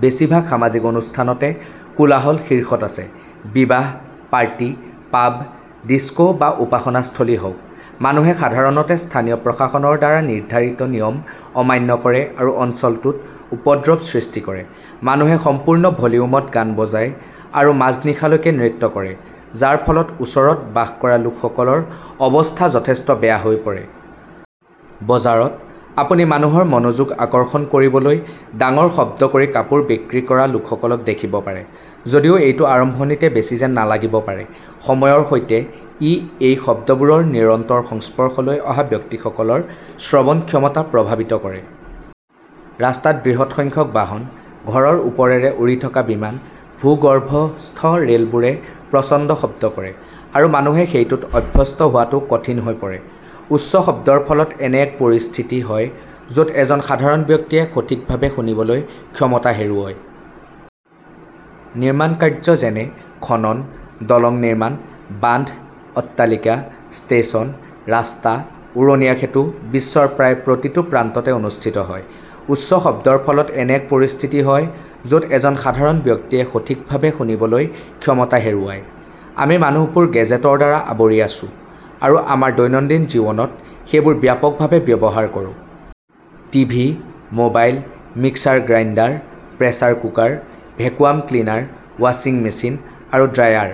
বেছিভাগ সামাজিক অনুষ্ঠানতে কোলাহল শীৰ্ষত আছে। বিবাহ, পাৰ্টি, পাব, ডিস্ক বা উপাসনাস্থলী হওঁক, মানুহে সাধাৰণতে স্থানীয় প্ৰশাসনৰ দ্বাৰা নিৰ্ধাৰিত নিয়ম অমান্য কৰে আৰু অঞ্চলটোত উপদ্ৰৱ সৃষ্টি কৰে। মানুহে সম্পূৰ্ণ ভলিউমত গান বজায় আৰু মাজনিশালৈকে নৃত্য কৰে, যাৰ ফলত ওচৰত বাস কৰা লোকসকলৰ অৱস্থা যথেষ্ট বেয়া হৈ পৰে। বজাৰত, আপুনি মানুহৰ মনোযোগ আকৰ্ষণ কৰিবলৈ ডাঙৰ শব্দ কৰি কাপোৰ বিক্ৰী কৰা লোকসকলক দেখিব পাৰে। যদিও এইটো আৰম্ভণিতে বেছি যেন নালাগিব পাৰে, সময়ৰ সৈতে, ই এই শব্দবোৰৰ নিৰন্তৰ সংস্পৰ্শলৈ অহা ব্যক্তিসকলৰ শ্ৰৱণ ক্ষমতা প্ৰভাৱিত কৰে। ৰাস্তাত বৃহৎ সংখ্যক বাহন, ঘৰৰ ওপৰেৰে উৰি থকা বিমান, ভূগৰ্ভস্থ ৰেলবোৰে প্ৰচণ্ড শব্দ কৰে, আৰু মানুহে সেইটোত অভ্যস্ত হোৱাটো কঠিন হৈ পৰে। উচ্চ শব্দৰ ফলত এনে এক পৰিস্থিতি হয় য'ত এজন সাধাৰণ ব্যক্তিয়ে সঠিকভাৱে শুনিবলৈ ক্ষমতা হেৰুৱয়। নিৰ্মাণকাৰ্যযেনে খনন, দলং নিৰ্মাণ, বান্ধ, অট্টালিকা, ষ্টেচন, ৰাস্তা, উৰণীয়া সেঁতু বিশ্বৰ প্ৰায় প্ৰতিটো প্ৰান্ততে অনুষ্ঠিত হয়। উচ্চ শব্দৰ ফলত এনে এক পৰিস্থিতি হয় য'ত এজন সাধাৰণ ব্যক্তিয়ে সঠিকভাৱে শুনিবলৈ ক্ষমতা হেৰুৱায়। আমি মানুহবোৰ গেজেটৰ দ্বাৰা আৱৰি আছোঁ আৰু আমাৰ দৈনন্দিন জীৱনত সেইবোৰ ব্যাপকভাৱে ব্যৱহাৰ কৰোঁ। TV, mobile, mixer grinder, pressure cooker, vacuum cleaner, ৱাছিং মেচিন আৰু ড্ৰায়াৰ,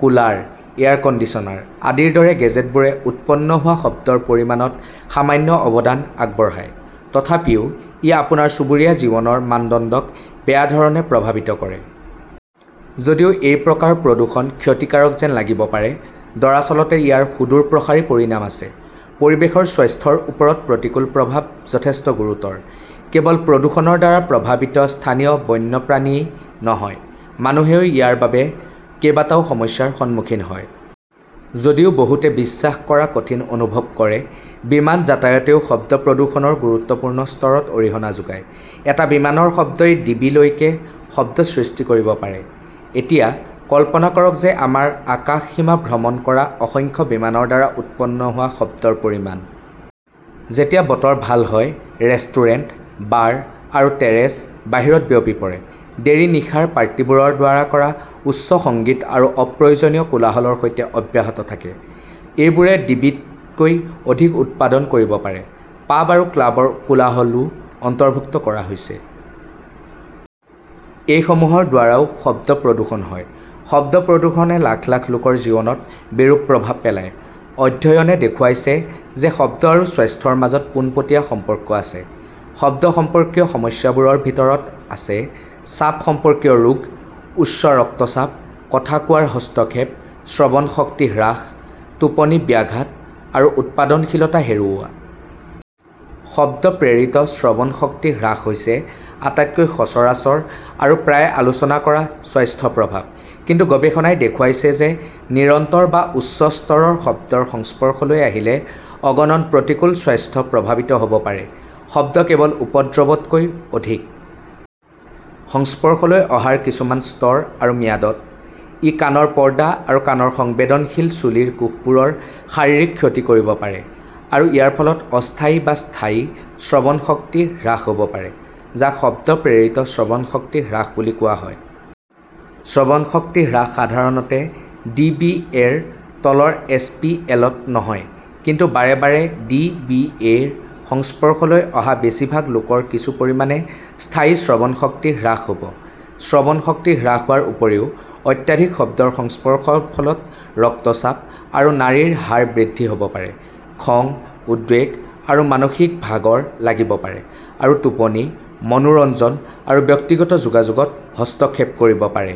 কুলাৰ, এয়াৰ কণ্ডিচনাৰ আদিৰ দৰে গেজেটবোৰে উৎপন্ন হোৱা শব্দৰ পৰিমাণত সামান্য অৱদান আগবঢ়ায়। তথাপিও, ই আপোনাৰ চুবুৰীয়াৰ জীৱনৰ মানদণ্ডক বেয়াধৰণে প্ৰভাৱিত কৰে। যদিও এই প্ৰকাৰৰ প্ৰদূষণ ক্ষতিকাৰক যেন লাগিব পাৰে, দৰাচলতে ইয়াৰ সুদূৰপ্ৰসাৰী পৰিণাম আছে। পৰিৱেশৰ স্বাস্থ্যৰ ওপৰত প্ৰতিকূল প্ৰভাৱ যথেষ্ট গুৰুতৰ। কেৱল প্ৰদূষণৰ দ্বাৰা প্ৰভাৱিত স্থানীয় বন্যপ্ৰাণীই নহয়, মানুহেও ইয়াৰ বাবে কেইবাটাও সমস্যাৰ সন্মুখীন হয়। যদিও বহুতে বিশ্বাস কৰাকঠিন অনুভৱ কৰে, বিমান যাতায়তেও শব্দ প্ৰদূষণৰ গুৰুত্বপূৰ্ণ স্তৰত অৰিহণা যোগায়। এটা বিমানৰ শব্দই ডিবি লৈকে শব্দ সৃষ্টি কৰিব পাৰে। এতিয়া, কল্পনা কৰক যে আমাৰ আকাশসীমাভ্ৰমণ কৰা অসংখ্য বিমানৰ দ্বাৰা উৎপন্ন হোৱা শব্দৰ পৰিমাণ। যেতিয়া বতৰ ভাল হয়, ৰেষ্টুৰেণ্ট, বাৰ আৰু টেৰেচ বাহিৰত বিয়পি পৰে। দেৰি নিশাৰ পাৰ্টিবোৰৰ দ্বাৰা কৰা উচ্চ সংগীত আৰু অপ্ৰয়োজনীয় কোলাহলৰ সৈতে অব্যাহত থাকে। এইবোৰে ডিবিতকৈ অধিক উৎপাদন কৰিব পাৰে। পাব আৰু ক্লাবৰ কোলাহলও অন্তৰ্ভুক্ত কৰা হৈছে। এই সমূহৰ দ্বাৰাও শব্দ প্ৰদূষণ হয়। শব্দ প্ৰদূষণে লাখ লাখ লোকৰ জীৱনত বিৰূপ প্ৰভাৱ পেলায়। অধ্যয়নে দেখুৱাইছে যে শব্দ আৰু স্বাস্থ্যৰ মাজত পোনপটীয়া সম্পৰ্ক আছে। শব্দ সম্পৰ্কীয় সমস্যাবোৰৰ ভিতৰত আছে চাপ সম্পৰ্কীয় ৰোগ, উচ্চ ৰক্তচাপ, কথা কোৱাৰ হস্তক্ষেপ, শ্ৰৱণ শক্তি হ্ৰাস, টোপনিব্যাঘাত, আৰু উৎপাদনশীলতা হেৰুওৱা। শব্দ প্ৰেৰিত শ্ৰৱণ শক্তি হ্ৰাস হৈছে আটাইতকৈ সচৰাচৰ আৰু প্ৰায়ে আলোচনা কৰা স্বাস্থ্যপ্ৰভাৱ, কিন্তু গৱেষণাই দেখুৱাইছে যে নিৰন্তৰ বা উচ্চ স্তৰৰ শব্দৰ সংস্পৰ্শলৈ আহিলে অগণন প্ৰতিকূল স্বাস্থ্য প্ৰভাৱিত হ'ব পাৰে। শব্দ কেৱল উপদ্ৰৱতকৈ অধিক। সংস্পৰ্শলৈ অহাৰ কিছুমান স্তৰ আৰু ম্যাদত, ই কাণৰ পৰ্দা আৰু কাণৰ সংবেদনশীল চুলিৰ কোষবোৰৰ শাৰীৰিক ক্ষতি কৰিব পাৰে আৰু ইয়াৰ ফলত অস্থায়ী বা স্থায়ী শ্ৰৱণ শক্তি হ্ৰাস হ'ব পাৰে, যাক শব্দ-প্ৰেৰিত শ্ৰৱণ শক্তি হ্ৰাস বুলি কোৱা হয়। শ্ৰৱণ শক্তি হ্ৰাস সাধাৰণতে ডিবিএ-ৰ তলৰ এছ. পি. এল. -ত নহয়, কিন্তু বাৰে বাৰে ডি. বি. এ. -ৰ সংস্পৰ্শলৈ অহা বেছিভাগ লোকৰ কিছু পৰিমাণে স্থায়ী শ্ৰৱণ শক্তি হ্ৰাস হ'ব। শ্ৰৱণ শক্তি হ্ৰাস হোৱাৰ উপৰিও, অত্যাধিক শব্দৰ সংস্পৰ্শৰ ফলত ৰক্তচাপ আৰু নাড়ীৰ হাৰ বৃদ্ধি হ'ব পাৰে, খং, উদ্বেগ আৰু মানসিক ভাগৰ লাগিব পাৰে, আৰু টোপনি, মনোৰঞ্জন আৰু ব্যক্তিগত যোগাযোগত হস্তক্ষেপ কৰিব পাৰে।